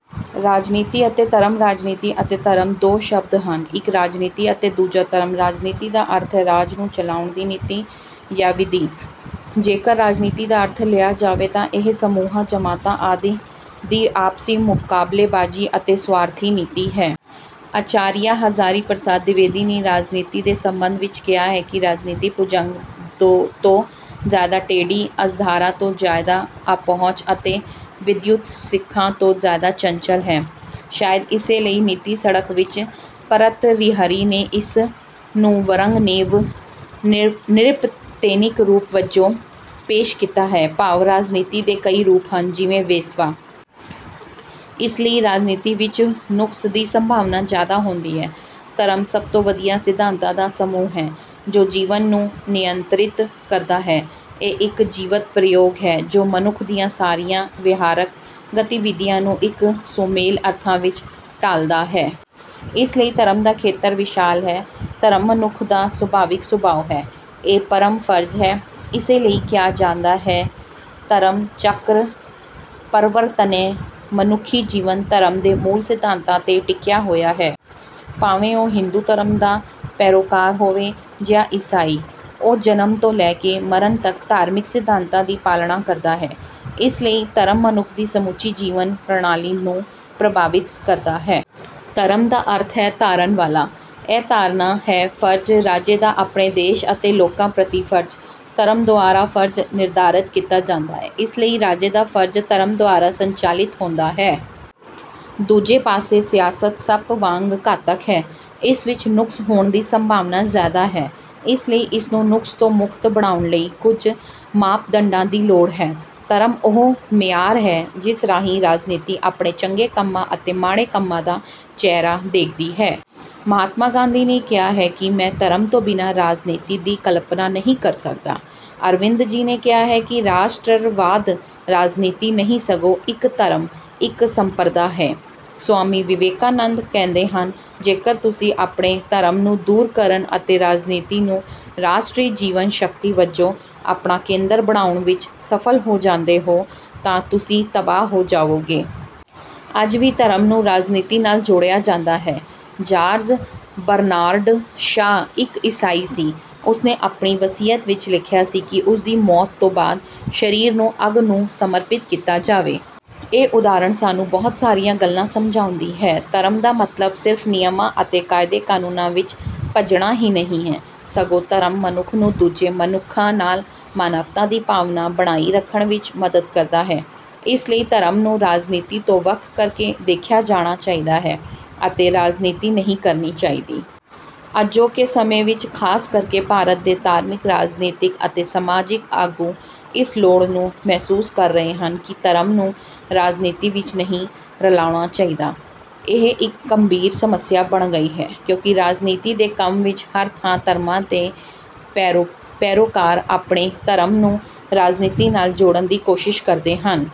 ਰਾਜਨੀਤੀ ਅਤੇ ਧਰਮ ਰਾਜਨੀਤੀ ਅਤੇ ਧਰਮ ਦੋ ਸ਼ਬਦ ਹਨ। ਇੱਕ ਰਾਜਨੀਤੀ ਅਤੇ ਦੂਜਾ ਧਰਮ। ਰਾਜਨੀਤੀ ਦਾ ਅਰਥ ਹੈ ਰਾਜ ਨੂੰ ਚਲਾਉਣ ਦੀ ਨੀਤੀ ਜਾਂ ਵਿਧੀ। ਜੇਕਰ ਰਾਜਨੀਤੀ ਦਾ ਅਰਥ ਲਿਆ ਜਾਵੇ ਤਾਂ ਇਹ ਸਮੂਹਾਂ, ਜਮਾਤਾਂ ਆਦਿ ਦੀ ਆਪਸੀ ਮੁਕਾਬਲੇਬਾਜ਼ੀ ਅਤੇ ਸਵਾਰਥੀ ਨੀਤੀ ਹੈ। ਆਚਾਰੀਆ ਹਜ਼ਾਰੀ ਪ੍ਰਸਾਦ ਦਿਵੇਦੀ ਨੇ ਰਾਜਨੀਤੀ ਦੇ ਸਬੰਧ ਵਿਚ ਕਿਹਾ ਹੈ ਕਿ ਰਾਜਨੀਤੀ ਭੁਜੰਗ ਤੋਂ ਜ਼ਿਆਦਾ ਟੇਢੀ, ਅਸਧਾਰਾ ਤੋਂ ਜ਼ਿਆਦਾ ਅਪਹੁੰਚ ਅਤੇ ਵਿਦਯੁਤ ਸ਼ਿਖਾ ਤੋਂ ਜ਼ਿਆਦਾ ਚੰਚਲ ਹੈ। ਸ਼ਾਇਦ ਇਸੇ ਲਈ ਨੀਤੀ ਸ਼ਤਕ ਵਿਚ ਭਰਤਰਿਹਰੀ ਨੇ ਇਸ ਨੂੰ 'ਵਰੰਗਨੇਵ ਨ੍ਰਿਪਤੇਨਿਕ ਰੂਪ' ਵਜੋਂ ਪੇਸ਼ ਕੀਤਾ ਹੈ, ਭਾਵ ਰਾਜਨੀਤੀ ਦੇ ਕਈ ਰੂਪ ਹਨ ਜਿਵੇਂ ਵੇਸਵਾ। ਇਸ ਲਈ ਰਾਜਨੀਤੀ ਵਿੱਚ ਨੁਕਸ ਦੀ ਸੰਭਾਵਨਾ ਜ਼ਿਆਦਾ ਹੁੰਦੀ ਹੈ। ਧਰਮ ਸਭ ਤੋਂ ਵਧੀਆ ਸਿਧਾਂਤਾਂ ਦਾ ਸਮੂਹ ਹੈ ਜੋ ਜੀਵਨ ਨੂੰ ਨਿਯੰਤਰਿਤ ਕਰਦਾ ਹੈ। ਇਹ ਇੱਕ ਜੀਵਤ ਪ੍ਰਯੋਗ ਹੈ ਜੋ ਮਨੁੱਖ ਦੀਆਂ ਸਾਰੀਆਂ ਵਿਹਾਰਕ ਗਤੀਵਿਧੀਆਂ ਨੂੰ ਇੱਕ ਸੁਮੇਲ ਅਰਥਾਂ ਵਿੱਚ ਢਾਲਦਾ ਹੈ। ਇਸ ਲਈ ਧਰਮ ਦਾ ਖੇਤਰ ਵਿਸ਼ਾਲ ਹੈ। ਧਰਮ ਮਨੁੱਖ ਦਾ ਸੁਭਾਵਿਕ ਸੁਭਾਅ ਹੈ। ਇਹ ਪਰਮ ਫਰਜ਼ ਹੈ। ਇਸੇ ਲਈ ਕਿਹਾ ਜਾਂਦਾ ਹੈ, 'ਧਰਮਚਕ੍ਰ ਪ੍ਰਵਰ੍ਤਨਯ'। ਮਨੁੱਖੀ ਜੀਵਨ ਧਰਮ ਦੇ ਮੂਲ ਸਿਧਾਂਤਾਂ 'ਤੇ ਟਿਕਿਆ ਹੋਇਆ ਹੈ। ਭਾਵੇਂ ਉਹ ਹਿੰਦੂ ਧਰਮ ਦਾ ਪੈਰੋਕਾਰ ਹੋਵੇ ਜਾਂ ਈਸਾਈ। ਉਹ ਜਨਮ ਤੋਂ ਲੈ ਕੇ ਮਰਨ ਤੱਕ ਧਾਰਮਿਕ ਸਿਧਾਂਤਾਂ ਦੀ ਪਾਲਣਾ ਕਰਦਾ ਹੈ। ਇਸ ਲਈ ਧਰਮ ਮਨੁੱਖ ਦੀ ਸਮੁੱਚੀ ਜੀਵਨ ਪ੍ਰਣਾਲੀ ਨੂੰ ਪ੍ਰਭਾਵਿਤ ਕਰਦਾ ਹੈ। ਧਰਮ ਦਾ ਅਰਥ ਹੈ ਧਾਰਨ ਵਾਲਾ। ਇਹ ਧਾਰਨਾ ਹੈ; ਫਰਜ਼, ਰਾਜੇ ਦਾ ਆਪਣੇ ਦੇਸ਼ ਅਤੇ ਲੋਕਾਂ ਪ੍ਰਤੀ ਫਰਜ਼। ਧਰਮ ਦੁਆਰਾ ਫਰਜ਼ ਨਿਰਧਾਰਤ ਕੀਤਾ ਜਾਂਦਾ ਹੈ। ਇਸ ਲਈ ਰਾਜੇ ਦਾ ਫਰਜ਼ ਧਰਮ ਦੁਆਰਾ ਸੰਚਾਲਿਤ ਹੁੰਦਾ ਹੈ। ਦੂਜੇ ਪਾਸੇ ਸਿਆਸਤ ਸੱਪ ਵਾਂਗ ਘਾਤਕ ਹੈ। ਇਸ ਵਿੱਚ ਨੁਕਸ ਹੋਣ ਦੀ ਸੰਭਾਵਨਾ ਜ਼ਿਆਦਾ ਹੈ, ਇਸ ਲਈ ਇਸ ਨੂੰ ਨੁਕਸ ਤੋਂ ਮੁਕਤ ਬਣਾਉਣ ਲਈ ਕੁਝ ਮਾਪਦੰਡਾਂ ਦੀ ਲੋੜ ਹੈ। ਧਰਮ ਉਹ ਮਿਆਰ ਹੈ ਜਿਸ ਰਾਹੀਂ ਰਾਜਨੀਤੀ ਆਪਣੇ ਚੰਗੇ ਕੰਮਾਂ ਅਤੇ ਮਾੜੇ ਕੰਮਾਂ ਦਾ ਚਿਹਰਾ ਦੇਖਦੀ ਹੈ। ਮਹਾਤਮਾ ਗਾਂਧੀ ਨੇ ਕਿਹਾ ਹੈ ਕਿ ਮੈਂ ਧਰਮ ਤੋਂ ਬਿਨਾਂ ਰਾਜਨੀਤੀ ਦੀ ਕਲਪਨਾ ਨਹੀਂ ਕਰ ਸਕਦਾ। ਅਰਵਿੰਦ ਜੀ ਨੇ ਕਿਹਾ ਹੈ ਕਿ ਰਾਸ਼ਟਰਵਾਦ ਰਾਜਨੀਤੀ ਨਹੀਂ ਸਗੋਂ ਇੱਕ ਧਰਮ, ਇੱਕ ਸੰਪਰਦਾ ਹੈ। ਸਵਾਮੀ ਵਿਵੇਕਾਨੰਦ ਕਹਿੰਦੇ ਹਨ, "ਜੇਕਰ ਤੁਸੀਂ ਆਪਣੇ ਧਰਮ ਨੂੰ ਦੂਰ ਕਰਨ ਅਤੇ ਰਾਜਨੀਤੀ ਨੂੰ ਰਾਸ਼ਟਰੀ ਜੀਵਨ ਸ਼ਕਤੀ ਵਜੋਂ ਆਪਣਾ ਕੇਂਦਰ ਬਣਾਉਣ ਵਿੱਚ ਸਫਲ ਹੋ ਜਾਂਦੇ ਹੋ, ਤਾਂ ਤੁਸੀਂ ਤਬਾਹ ਹੋ ਜਾਵੋਗੇ। " ਅੱਜ ਵੀ ਧਰਮ ਨੂੰ ਰਾਜਨੀਤੀ ਨਾਲ ਜੋੜਿਆ ਜਾਂਦਾ ਹੈ। ਜਾਰਜ ਬਰਨਾਰਡ ਸ਼ਾਅ ਇੱਕ ਈਸਾਈ ਸੀ, ਉਸਨੇ ਆਪਣੀ ਵਸੀਅਤ ਵਿੱਚ ਲਿਖਿਆ ਸੀ ਕਿ ਉਸਦੀ ਮੌਤ ਤੋਂ ਬਾਅਦ ਸਰੀਰ ਨੂੰ ਅੱਗ ਨੂੰ ਸਮਰਪਿਤ ਕੀਤਾ ਜਾਵੇ। ਇਹ ਉਦਾਹਰਣ ਸਾਨੂੰ ਬਹੁਤ ਸਾਰੀਆਂ ਗੱਲਾਂ ਸਮਝਾਉਂਦੀ ਹੈ। ਧਰਮ ਦਾ ਮਤਲਬ ਸਿਰਫ਼ ਨਿਯਮਾਂ ਅਤੇ ਕਾਇਦੇ-ਕਾਨੂੰਨਾਂ ਵਿੱਚ ਬੱਝਣਾ ਹੀ ਨਹੀਂ ਹੈ, ਸਗੋਂ ਧਰਮ ਮਨੁੱਖ ਨੂੰ ਦੂਜੇ ਮਨੁੱਖਾਂ ਨਾਲ ਮਾਨਵਤਾ ਦੀ ਭਾਵਨਾ ਬਣਾਈ ਰੱਖਣ ਵਿੱਚ ਮਦਦ ਕਰਦਾ ਹੈ, ਇਸ ਲਈ ਧਰਮ ਨੂੰ ਰਾਜਨੀਤੀ ਤੋਂ ਵੱਖ ਕਰਕੇ ਦੇਖਿਆ ਜਾਣਾ ਚਾਹੀਦਾ ਹੈ ਅਤੇ ਰਾਜਨੀਤੀ ਨਹੀਂ ਕਰਨੀ ਚਾਹੀਦੀ। ਅਜੋਕੇ ਸਮੇਂ ਵਿੱਚ, ਖਾਸ ਕਰਕੇ ਭਾਰਤ ਦੇ ਧਾਰਮਿਕ, ਰਾਜਨੀਤਿਕ ਅਤੇ ਸਮਾਜਿਕ ਆਗੂ ਇਸ ਲੋੜ ਨੂੰ ਮਹਿਸੂਸ ਕਰ ਰਹੇ ਹਨ ਕਿ ਧਰਮ ਨੂੰ ਰਾਜਨੀਤੀ ਵਿੱਚ ਨਹੀਂ ਰਲਾਉਣਾ ਚਾਹੀਦਾ। ਇਹ ਇੱਕ ਗੰਭੀਰ ਸਮੱਸਿਆ ਬਣ ਗਈ ਹੈ ਕਿਉਂਕਿ ਰਾਜਨੀਤੀ ਦੇ ਕੰਮ ਵਿੱਚ ਹਰ ਥਾਂ ਧਰਮਾਂ ਦੇ ਪੈਰੋਕਾਰ ਆਪਣੇ ਧਰਮ ਨੂੰ ਰਾਜਨੀਤੀ ਨਾਲ ਜੋੜਨ ਦੀ ਕੋਸ਼ਿਸ਼ ਕਰਦੇ ਹਨ।